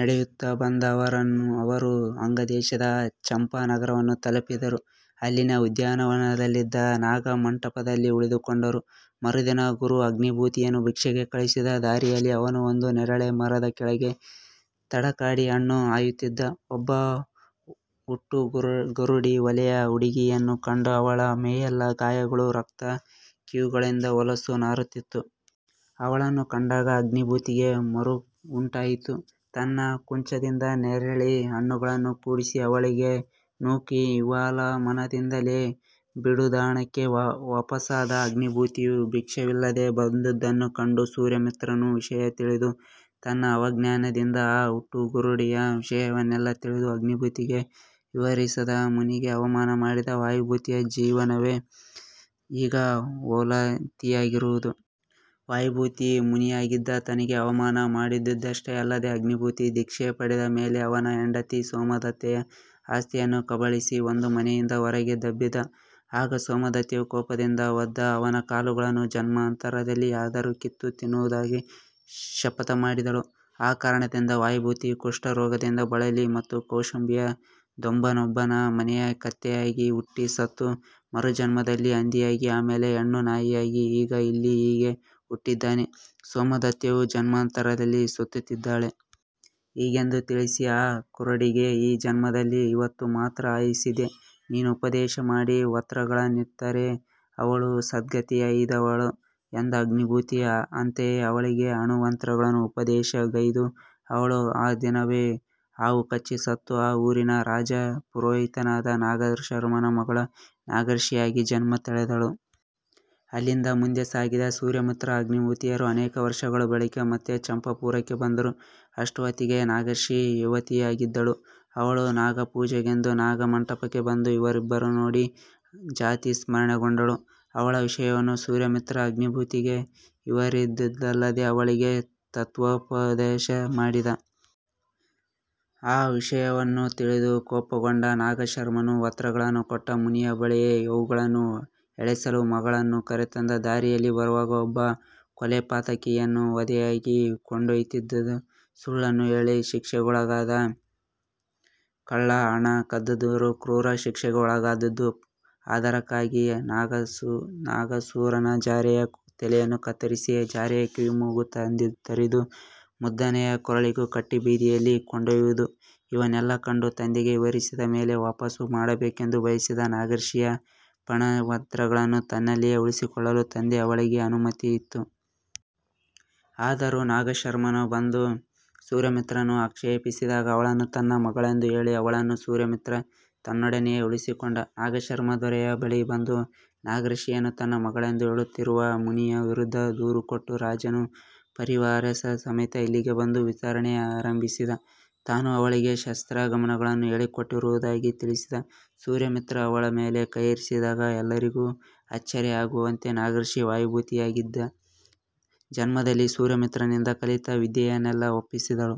ನಡೆಯುತ್ತ ಬಂದ ಅವರು ಅಂಗದೇಶದ ಚಂಪಾನಗರವನ್ನು ತಲುಪಿದರು. ಅಲ್ಲಿನ ಉದ್ಯಾನವನದಲ್ಲಿದ್ದ ನಾಗಮಂಟಪದಲ್ಲಿ ಉಳಿದುಕೊಂಡರು. ಮರುದಿನ ಗುರು ಅಗ್ನಿಭೂತಿಯನ್ನು ಭಿಕ್ಷೆಗೆ ಕಳಿಸಿದ. ದಾರಿಯಲ್ಲಿ ಅವನು ಒಂದು ನೇರಳೆ ಮರದ ಕೆಳಗೆ ತಡಕಾಡಿ ಹಣ್ಣು ಆಯುತ್ತಿದ್ದ ಒಬ್ಬ ಹುಟ್ಟುಗುರುಡಿ ಹೊಲೆಯ ಹುಡುಗಿಯನ್ನು ಕಂಡ, ಅವಳ ಮೈಯೆಲ್ಲ ಗಾಯಗಳು ರಕ್ತ ಕೀವುಗಳಿಂದ ಹೊಲಸು ನಾರುತ್ತಿತ್ತು. ಅವಳನ್ನು ಕಂಡಾಗ ಅಗ್ನಿಭೂತಿಗೆ ಮರುಕವುಂಟಯಿತು, ತನ್ನ ಕುಂಚದಿಂದ ನೇರಿಳೆ ಹಣ್ಣುಗಳನ್ನು ಗುಡಿಸಿ ಅವಳೆಡೆಗೆ ನೂಕಿ ವಿಹ್ವಲಮನದಿಂದಲೇ ಬೀಡುದಾಣಕ್ಕೆ ವಾಪಸಾದ. ಅಗ್ನಿಭೂತಿಯು ಭಿಕ್ಷವಿಲ್ಲದೆ ಬಂದುದನ್ನು ಕಂಡು ಸೂರ್ಯಮಿತ್ರನು ವಿಷಯ ತಿಳಿದು ತನ್ನ ಅವಧಿಜ್ಞಾನದಿಂದ ಆ ಹುಟ್ಟುಗುರುಡಿಯ ವಿಷಯವನ್ನೆಲ್ಲ ತಿಳಿದು ಅಗ್ನಿಭೂತಿಗೆ ವಿವರಿಸದ; ಮುನಿಗೆ ಅವಮಾನ ಮಾಡಿದ ವಾಯುಭೂತಿಯ ಜೀವವೇ ಈಗ ಹೊಲತಿಯಾಗಿರುವುದು. ವಾಯುಭೂತಿ ಮುನಿಯಾಗಿದ್ದ ತನಗೆ ಅವಮಾನ ಮಾಡಿದುದಷ್ಟೇ ಅಲ್ಲದೆ, ಅಗ್ನಿಭೂತಿ ದೀಕ್ಷೆ ಪಡೆದ ಮೇಲೆ ಅವನ ಹೆಂಡತಿ ಸೋಮದತ್ತೆಯ ಅಸ್ತಿಯನ್ನು ಕಬಳಿಸಿ ಒದ್ದು ಮನೆಯಿಂದ ಹೊರಗೆ ದಬ್ಬಿದ. ಆಗ ಸೋಮದತ್ತೆಯು ಕೋಪದಿಂದ ಒದ್ದ ಅವನ ಕಾಲುಗಳನ್ನು ಜನ್ಮಾಂತರದಲ್ಲಿಯಾದರೂ ಕಿತ್ತು ತಿನ್ನುವುದಾಗಿ ಶಪಥಮಾಡಿದಳು. ಆ ಕಾರಣದಿಂದ ವಾಯುಭೂತಿ ಕುಷ್ಠ ರೋಗದಿಂದ ಬಳಲಿ ಸತ್ತು, ಕೌಶಂಬಿಯ ದೊಂಬನೊಬ್ಬನ ಮನೆಯ ಕತ್ತೆಯಾಗಿ ಹುಟ್ಟಿ ಸತ್ತು, ಮರುಜನ್ಮದಲ್ಲಿ ಹಂದಿಯಾಗಿ, ಆಮೇಲೆ ಹೆಣ್ಣು ನಾಯಿಯಾಗಿ, ಈಗ ಇಲ್ಲಿ ಹೀಗೆ ಉಟ್ಟಿದ್ದಾನೆ; ಸೋಮದತ್ತೆಯೂ ಜನ್ಮಾಂತರದಲ್ಲಿ ಸುತ್ತುತ್ತಿದ್ದಾಳೆ. ಹೀಗೆಂದು ತಿಳಿಸಿ "ಆ ಕುರುಡಿಗೆ ಈ ಜನ್ಮದಲ್ಲಿ ಇವತ್ತು ಮಾತ್ರ ಆಯುಸ್ಸಿದೆ. ನೀನು ಉಪದೇಶಮಾಡಿ ವ್ರತಗಳನ್ನಿತ್ತರೆ ಅವಳು ಸದ್ಗತಿಯೈದವಳು" ಎಂದ. ಅಗ್ನಿಭೂತಿ ಅಂತೆಯೇ ಅವಳಿಗೆ ಅಣುವ್ರತಗಳನ್ನು ಉಪದೇಶಗೈದು. ಅವಳು ಆ ದಿನವೇ ಹಾವು ಕಚ್ಚಿ ಸತ್ತು, ಆ ಊರಿನ ರಾಜಪುರೋಹಿತನಾದ ನಾಗಶರ್ಮನ ಮಗಳು ನಾಗಶ್ರೀಯಾಗಿ ಜನ್ಮ ತಳೆದಳು. ಅಲ್ಲಿಂದ ಮುಂದೆ ಸಾಗಿದ ಸೂರ್ಯಮಿತ್ರ – ಅಗ್ನಿಭೂತಿಯರು ಅನೇಕ ವರ್ಷಗಳ ಬಳಿಕ ಮತ್ತೆ ಚಂಪಾಪುರಕ್ಕೆ ಬಂದರು. ಅಷ್ಟು ಹೊತಿಗೆ ನಾಗಶ್ರೀ ಯುವತಿಯಾಗಿದ್ದಳು. ಅವಳು ನಾಗ ಪೂಜೆಗೆಂದು ನಾಗ ಮಂಟಪಕ್ಕೆ ಬಂದು ಇವರಿಬ್ಬರನ್ನೂ ನೋಡಿ ಜಾತಿಸ್ಮರಣೆಗೊಂಡಳು. ಅವಳ ವಿಷಯವನ್ನು ಸೂರ್ಯಮಿತ್ರ ಆಗ್ನಿಭೂತಿಗೆ ವಿವರಿದುದಲ್ಲದೆ, ಅವಳಿಗೆ ತತ್ವೋಪದದೇಶ ಮಾಡಿದ. ಆ ವಿಷಯವನ್ನು ತಿಳಿದು ಕೋಪಗೊಂಡ ನಾಗಶರ್ಮನು ವ್ರತಗಳನ್ನು ಕೊಟ್ಟ ಮುನಿಯ ಬಳಿಯೇ ಅವುಗಳನ್ನು ಎಸೆಯಲು ಮಗಳನ್ನು ಕರೆತಂದ. ದಾರಿಯಲ್ಲಿ ಬರುವಾಗ ಒಬ್ಬ ಕೊಲೆಪಾತಕಿಯನ್ನು ವಧೆಗಾಗಿ ಕೊಂಡೆಯ್ಯುತ್ತಿದ್ದುದು, ಸುಳ್ಳನ್ನು ಹೇಳಿ ಶಿಕ್ಷೆಗೊಳಗಾದ ಕಳ್ಳ, ಹಣ ಕದ್ದವನು ಕ್ರೂರ ಶಿಕ್ಷೆಗೆ ಒಳಗಾದದ್ದು, ಹಾದರಕ್ಕಾಗಿ ನಾಗಸೂರನ ಜಾರೆಯ ತಲೆಯನ್ನು ಕತ್ತರಿಸಿ ಜಾರೆಯ ಕಿವಿಮೂಗು ತರಿದು ಮದ್ದಾನೆಯ ಕೊರಳಿಗೆ ಕಟ್ಟಿ ಬೀದಿಯಲ್ಲಿ ಕೊಂಡೊಯ್ಯುವುದು – ಇವನ್ನೆಲ್ಲ ಕಂಡು ತಂದೆಗೆ ವಿವರಿಸಿದ ಮೇಲೆ ವಾಪಸು ಮಾಡಬೇಕೆಂದು ಬಯಸಿದ್ದ ನಾಗಶ್ರೀಯ ಪಂಚಾಣುವ್ರತಗಳನ್ನು ತನ್ನಲ್ಲಿಯೇ ಉಳಿಸಿಕೊಳ್ಳಲು ತಂದೆ ಅವಳಿಗೆ ಅನುಮತಿಯಿತ್ತ. ಆದರೂ ನಾಗಶರ್ಮನು ಬಂದು ಸೂರ್ಯಮಿತ್ರನನ್ನು ಅಕ್ಷೇಪಿಸಿದಾಗ ಅವಳನ್ನು ತನ್ನ ಮಗಳೆಂದು ಹೇಳಿ ಅವಳನ್ನು ಸೂರ್ಯಮಿತ್ರ ತನ್ನೊಡನೆಯೇ ಉಳಿಸಿಕೊಂಡ. ನಾಗಶರ್ಮ ದೊರೆಯ ಬಳಿ ಬಂದು ನಾಗಶ್ರೀಯನ್ನು ತನ್ನ ಮಗಳೆಂದು ಹೇಳುತ್ತಿರುವ ಮುನಿಯ ವಿರುದ್ಧ ದೂರು ಕೊಟ್ಟ. ರಾಜನು ಪರಿವಾರಸಮೇತ ಅಲ್ಲಿಗೆ ಬಂದು ವಿಚಾರಣೆಯಾರಂಬಿಸಿದ. ತಾನು ಅವಳಿಗೆ ಶಾಸ್ತ್ರಾಗಮಗಳನ್ನು ಹೇಳಿಕೊಟ್ಟಿರುವುದಾಗಿ ತಿಳಿಸಿದ ಸೂರ್ಯಮಿತ್ರ ಅವಳ ಮೇಲೆ ಕೈಯಿರಿಸಿದಾಗ, ಎಲ್ಲರಿಗೂ ಅಚ್ಚರಿಯಾಗುವಂತೆ, ನಾಗಶ್ರೀ ವಾಯುಭೂತಿಯಾಗಿದ್ದಾಗಿನ ಜನ್ಮದಲ್ಲಿ ಸೂರ್ಯಮಿತ್ರನಿಂದ ಕಲಿತ ವಿದ್ಯೆಯನ್ನೆಲ್ಲ ಒಪ್ಪಿಸಿದಳು.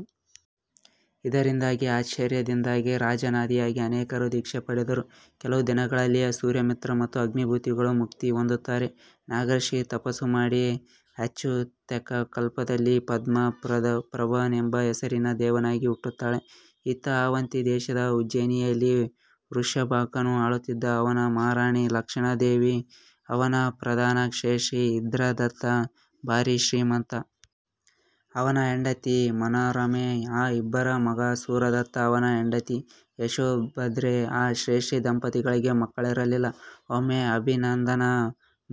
ಇದರಿಂದಾದ ಆಶ್ಚರ್ಯದಿಂದಾಗಿ ರಾಜನಾದಿಯಾಗಿ ಅನೇಕರು ದೀಕ್ಷೆ ಪಡೆದರು. ಕೆಲವು ದಿನಗಳಲ್ಲಿಯೇ ಸೂರ್ಯಮಿತ್ರ ಮತ್ತು ಅಗ್ನಿಬೂತಿಗಳು ಮುಕ್ತಿ ಹೊಂದುತ್ತಾರೆ. ನಾಗಶ್ರೀ ತಪಸ್ಸು ಮಾಡಿ ಅಚ್ಯುತಕಲ್ಪದಲ್ಲಿ ಪದ್ಮಪ್ರಭನೆಂಬ ಹೆಸರಿನ ದೇವನಾಗಿ ಹುಟ್ಟುತ್ತಾಳೆ. ಇತ್ತ, ಆವಂತಿ ದೇಶದ ಉಜ್ಜೇನಿಯಲ್ಲಿ ವೃಷಭಾಂಕನು ಆಳುತ್ತಿದ್ದ; ಅವನ ಮಹಾರಾಣಿ ಲಕ್ಷಣಾದೇವಿ. ಅವನ ಪ್ರಧಾನ ಶ್ರೇಷ್ಠಿ ಇಂದ್ರದತ್ತ, ಭಾರಿ ಶ್ರೀಮಂತ. ಅವನ ಹೆಂಡತಿ ಮನೋರಮೆ. ಆ ಇಬ್ಬರ ಮಗ ಸೂರದತ್ತ; ಅವನ ಹೆಂಡತಿ ಯಶೋಭದ್ರೆ. ಆ ಶ್ರೇಷ್ಠಿ ದಂಪತಿಗಳಿಗೆ ಮಕ್ಕಳಿರಲಿಲ್ಲ. ಒಮ್ಮೆ ಅಭಿನಂದನ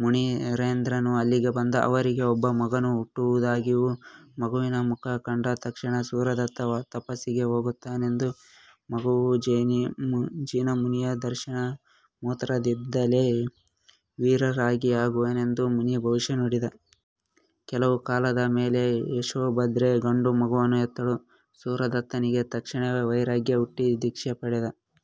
ಮುಣೀಂದ್ರನು ಅಲ್ಲಿಗೆ ಬಂದ ಅವರಿಗೆ ಒಬ್ಬ ಮಗನು ಹುಟ್ಟುವುದಾಗಿಯೂ, ಮಗುವಿನ ಮುಖ ಕಂಡ ತಕ್ಷಣ ಸೂರದತ್ತ ತಪಸ್ಸಿಗೆ ಹೋಗುತ್ತಾನೆಂದೂ, ಮಗುವೂ ಜಿನಮುನಿಯ ದರ್ಶನ ಮಾತ್ರದಿಂದಲೇ ವಿರಾಗಿಯಾಗುವನೆಂದೂ ಮುನಿ ಭವಿಷ್ಯ ನುಡಿದ. ಕೆಲವು ಕಾಲದ ಮೇಲೆ ಯಶೋಭದ್ರೆ ಗಂಡು ಮಗುವನ್ನು ಹೆತ್ತಳು; ಸೂರದತ್ತನಿಗೆ ತಕ್ಷಣವೇ ವೈರಾಗ್ಯ ಹುಟ್ಟಿ ದೀಕ್ಷೆ ಪಡೆದ.